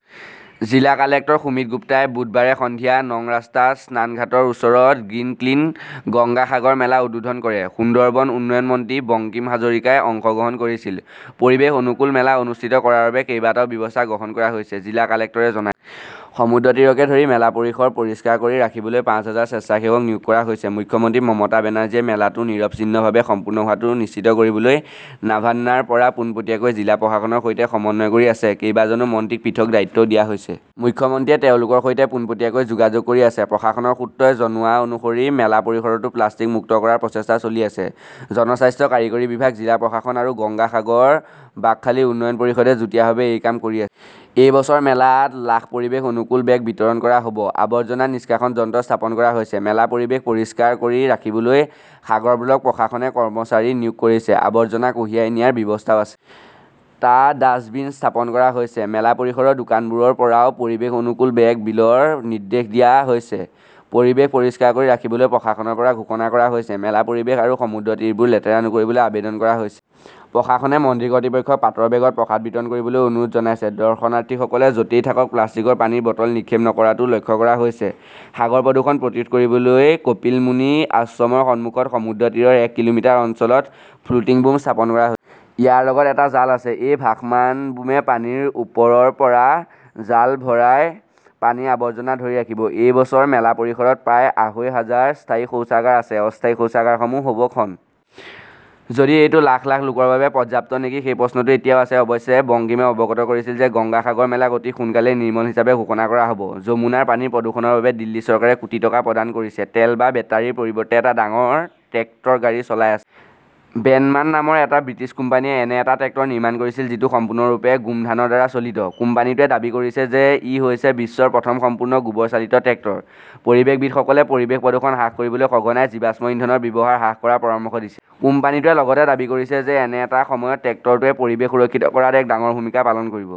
জিলা কালেক্টৰ সুমিত গুপ্তাই বুধবাৰে সন্ধিয়া নং ৰাস্তাত স্নানঘাটৰ ওচৰত 'গ্ৰীণ ক্লিন "গংগা সাগৰ মেলা উদ্বোধন কৰে। সুন্দৰবন উন্নয়ন মন্ত্ৰী বঙ্কিম হাজাৰাই অংশগ্ৰহণ কৰিছিল। পৰিৱেশ-অনুকূল মেলা অনুষ্ঠিত কৰাৰ বাবে কেইবাটাও ব্যৱস্থা গ্ৰহণ কৰা হৈছে, জিলা কালেক্টৰে জনায়। সমুদ্ৰতীৰকে ধৰি মেলা পৰিসৰ পৰিষ্কাৰ কৰি ৰাখিবলৈ পাঁচ হাজাৰ স্বেচ্ছাসেৱক নিয়োগ কৰা হৈছে। মুখ্যমন্ত্ৰী মমতা বেনাৰ্জীয়ে মেলাটো নিৰবিচ্ছিন্নভাৱে সম্পূৰ্ণ হোৱাটো নিশ্চিত কৰিবলৈ নাভান্নাৰ পৰা পোনপটীয়াকৈ জিলা প্ৰশাসনৰ সৈতে সমন্বয় কৰি আছে। কেইবাজনো মন্ত্ৰীক পৃথক দায়িত্বও দিয়া হৈছে। মুখ্যমন্ত্ৰীয়ে তেওঁলোকৰ সৈতে পোনপটীয়াকৈ যোগাযোগ কৰি আছে। প্ৰশাসনৰ সূত্ৰই জনোৱা অনুসৰি মেলা পৰিসৰটো প্লাষ্টিক মুক্ত কৰাৰ প্ৰচেষ্টা চলি আছে। জনস্বাস্থ্য কাৰিকৰী বিভাগ, জিলা প্ৰশাসন আৰু গংগা সাগৰ-বাকখালী উন্নয়ন পৰিষদে যুটীয়াভাৱে এই কাম কৰি আছে। এই বছৰ মেলাত লাখ পৰিৱেশ অনুকূল বেগ বিতৰণ কৰা হ "ব। আৱৰ্জনা নিষ্কাশন যন্ত্ৰ স্থাপন কৰা হৈছে। মেলা পৰিৱেশ পৰিষ্কাৰ কৰি ৰাখিবলৈ সাগৰ ব্লক প্ৰশাসনে কৰ্মচাৰী নিয়োগ কৰিছে। আৱৰ্জনা কঢ়িয়াই নিয়াৰ ব্যৱস্থাও আছে। টা ডাস্টবিন স্থাপন কৰা হৈছে। মেলা পৰিসৰৰ দোকানবোৰৰ পৰাও পৰিৱেশ-অনুকূল বেগ বিলিৰ নিৰ্দেশ দিয়া হৈছে। পৰিৱেশ পৰিষ্কাৰ কৰি ৰাখিবলৈ প্ৰশাসনৰ পৰা ঘোষণা কৰা হৈছে। মেলা পৰিৱেশ আৰু সমুদ্ৰতীৰবোৰ লেতেৰা নকৰিবলৈ আবেদন কৰা হৈছে। প্ৰশাসনে মন্দিৰ কৰ্তৃপক্ষক পাটৰ বেগত প্ৰসাদ বিতৰণ কৰিবলৈ অনুৰোধ জনাইছে। দৰ্শনাৰ্থীসকলে য 'তেই থাকক প্লাষ্টিকৰ পানীৰ বটল নিক্ষেপ নকৰাটোও লক্ষ্য কৰা হৈছে। সাগৰ প্ৰদূষণ প্ৰতিৰোধ কৰিবলৈ কপিলমুনি আশ্ৰমৰ সন্মুখত সমুদ্ৰতীৰৰ এক কিলোমিটাৰ অঞ্চলত 'ফ্লোটিং বুম "স্থাপন কৰা হৈছে। ইয়াৰ লগত এটা জাল আছে। এই ভাসমান 'বুম "-এ পানীৰ ওপৰৰ পৰা জাল ভৰাই পানীৰ আৱৰ্জনা ধৰি ৰাখিব। এই বছৰ মেলা পৰিসৰত প্ৰায় আঢ়ৈ হাজাৰ স্থায়ী শৌচাগাৰ আছে। অস্থায়ী শৌচাগাৰসমূহ হ "ব, খন। যদিও এইটো লাখ লাখ লোকৰ বাবে পৰ্যাপ্ত নেকি সেই প্ৰশ্নটো এতিয়াও আছে। অৱশ্যে, বংকিমে অৱগত কৰিছিল যে গংগা সাগৰ মেলাক অতি সোনকালেই 'নিৰ্মল "হিচাপে ঘোষণা কৰা হ" ব। যমুনাৰ পানীৰ প্ৰদূষণৰ বাবে দিল্লী চৰকাৰে কোটি টকা প্ৰদান কৰিছে তেল বা বেটাৰিৰ পৰিৱৰ্তে এটা ডাঙৰ ট্ৰেক্টৰ গাড়ী চলাই আছে। বেনমান নামৰ এটা ব্ৰিটিছ কোম্পানীয়ে এনে এটা ট্ৰেক্টৰ নিৰ্মাণ কৰিছিল যিটো সম্পূৰ্ণৰূপে গোমধানৰ দ্বাৰা চালিত। কোম্পানীটোৱে দাবী কৰিছে যে ই হৈছে বিশ্বৰ প্ৰথম সম্পূৰ্ণ গোবৰ চালিত ট্ৰেক্টৰ। পৰিৱেশবিদসকলে পৰিৱেশ প্ৰদূষণ হ্ৰাস কৰিবলৈ সঘনাই জীৱাশ্ম ইন্ধনৰ ব্যৱহাৰ হ্ৰাস কৰাৰ পৰামৰ্শ দিছে। কোম্পানীটোৱে লগতে দাবী কৰিছে যে এনে এটা সময়ত ট্ৰেক্টৰটোৱে পৰিৱেশ সুৰক্ষিত কৰাত এক ডাঙৰ ভূমিকা পালন কৰিব